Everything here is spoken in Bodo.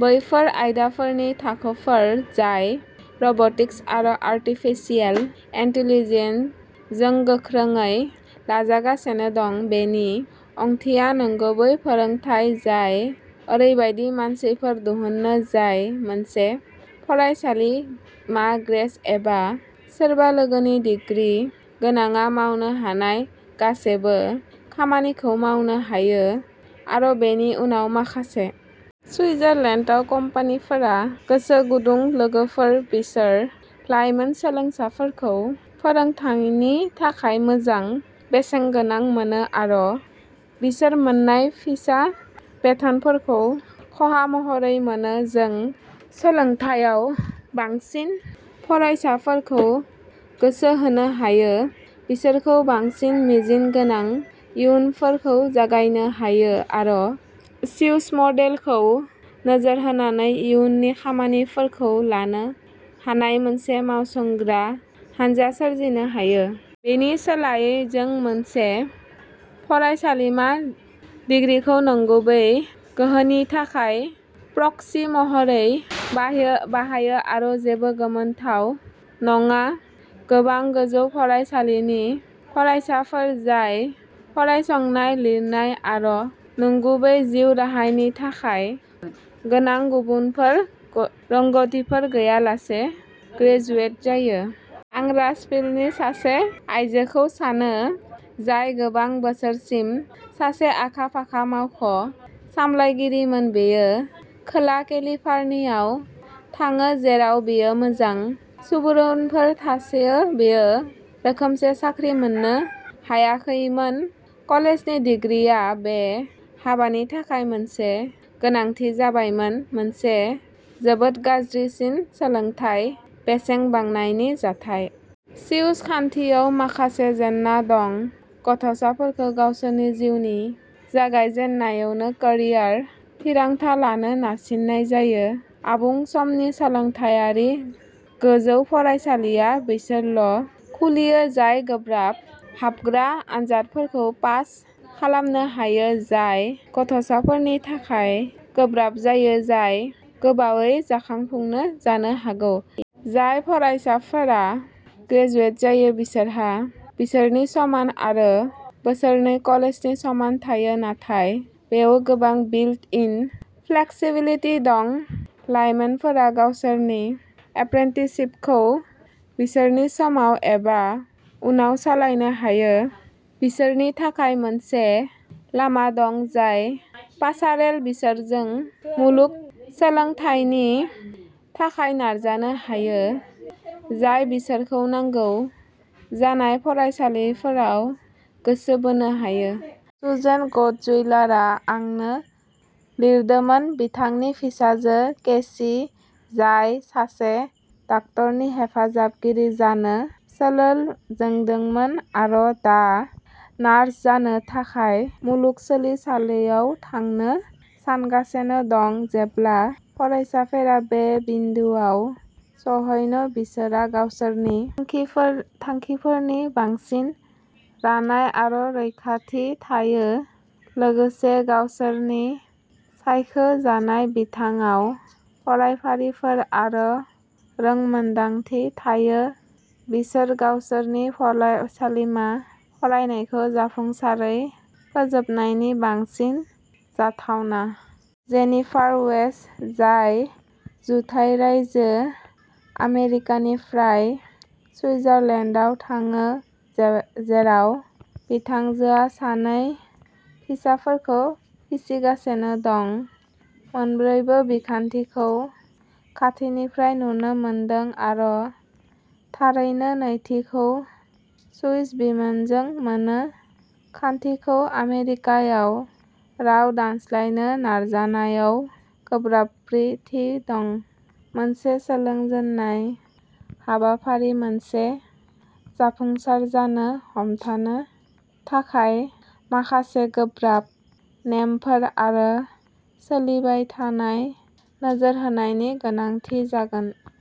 बैफोर आयदाफोरनि थाखोफोर जाय रब'टिक्स आरो आर्टिफिसियेल इन्टेलिजेन्सजों गोख्रैयै लाजागासिनो दं। बेनि ओंथिया नंगुबै फोरोंथाय जाय ओरैबायदि मानसिफोर दिहुनो जाय मोनसे फरायसालिमा ग्रेज एबा सोरबा लोगोनि दिग्रि गोनांआ मावनो हानाय गासैबो खामानिखौ मावनो हायो, आरो बेनि उनाव माखासे। सुइजारलेन्डआव, कम्पानिफोरा गोसो गुदुं लोगोफोर बिसोर लाइमोन सोलोंसाफोरखौ फोरोंथायनि थाखाय मोजां बेसेनगोनां मोनो आरो बिसोर मोन्नाय फिसा बेथनफोरखौ खहा महरै मोनो। जों सोलोंथायाव बांसिन फरायसाफोरखौ गोसो होनो हायो, बिसोरखौ बांसिन मिजिं गोनां इयुनफोराव जागायनो हायो आरो स्विस मडेलखौ नोजोर होनानै इयुननि खामानिफोरखौ लानो हानाय मोनसे मावसोमग्रा हानजा सोरजिनो हायो। बेनि सोलायै, जों मोनसे फरायसालिमा दिग्रिखौ नंगुबै गोहोनि थाखाय प्रक्सि महरै बाहाय बाहायो आरो जेबो गोमोथाव नङा, गोबां गोजौ फरायसालिनि फरायसाफोर जाय फरायसंनाय, लिरनाय आरो नंगुबै जिउ राहानि थाखाय गोनां गुबुन रोंग'थिफोर गैयालासे ग्रेजुवेट जायो। आं रजभिलनि सासे आयजोखौ सानो, जाय गोबां बोसोरसिम सासे आखा-फाखा मावख' सामलायगिरिमोन। बियो खोला केलिफर्नियायाव थाङो, जेराव बियो मोजां सुबुरुनफोर थासेयावबो रोखोमसे साख्रि मोननो हायाखैमोन। कलेजनि डिग्रीआ बे हाबानि थाखाय मोनसे गोनांथि जाबायमोन, मोनसे जोबोद गाज्रिसिन सोलोंथाय बेसेन बांनायनि जाथाय। स्विस खान्थियाव माखासे जेंनाफोर दं। गथ'साफोरखौ गावसोरनि जिउनि जागायजेन्नायावनो केरियार थिरांथा लानो नारसिननाय जायो। आबुं समनि सोलोंथायारि गोजौ फरायसालिआ बैसोरल' खुलियो, जाय गोब्राब हाबग्रा आनजादफोरखौ पास खालामनो हायो, जाय गथ'साफोरनि थाखाय गोब्राब जायो, जाय गोबावै जाखांफुनाय जानो हागौ। जाय फरायसाफ्रा ग्रेजुवेट जायो बिसोरहा बोसोरसेनि समान आरो बोसोरनै कलेजनि समान थायो। नाथाय बेयाव गोबां बिल्ट इन फ्लेक्सिबिलिटिबो दं। लाइमोनफोरा गावसोरनि एप्रेन्टिसशिपखौ बिसोरनि समाव एबा उनाव सोलायनो हायो। बिसोरनि थाखाय मोनसे लामा दं जाय पासारेल बोसोरजों मुलुग सोलोंसालिनि सोलोंथायनि थाखाय नाजानो हायो, जाय बिसोरखौ नांगौ जानाय फरायफारिफोराव गोसो बोनो हायो। सुजेन गुट्जविलारआ आंनो लिरदोंमोन। बिथांनि फिसाजो केसि, जाय सासे डाक्टारनि हेफाजाबगिरि जानो सोलोंजेनदोंमोन, आरो दा नार्स जानो थाखाय मुलुगसोलोंसालियाव थांनो सानगासिनो दं। जेब्ला फरायसाफोरा बे बिन्दोआव सौहैयो, बिसोरहा गावसोरनि थांखिफोर थांखिफोरनि बागै बांसिन रानाय आरो रोखाथि थायो, लोगोसे गावसोरनि सायख'जानाय बिथिङाव फरायफारिफोर आरो रोंमोनदांथि थायो बिसोर गावसोरनि फरायसालिमा फरायनायखौ जाफुंसारै फोजोबनायनि बांसिन जाथावना। जेनिफार वेइस, जाय जुथाइ रायजो आमेरिकानिफ्राय सुइजारलेन्डआव थाङो, जे जेराव बिथाजोङा सानै फिसाफोरखौ फेदेरगासिनो दं, मोन्नैबो बिखान्थिखौ खाथिनिफ्राय नुनो मोनदों आरो थारैनो नैथिखौ सुइस बिमोजां मोनो। खान्थिखौ आमेरिकायाव राव दानस्लायनो नाजानायाव गोब्राबथिफोर दं। मोनसे सोलोंजेननाय हाबाफारिखौ मोनसे जाफुंसार जानो होबथानो थाखाय माखासे गोब्राब नेमफोर आरो सोलिबाय थानाय नोजोर होनायनि गोनांथि जागोन।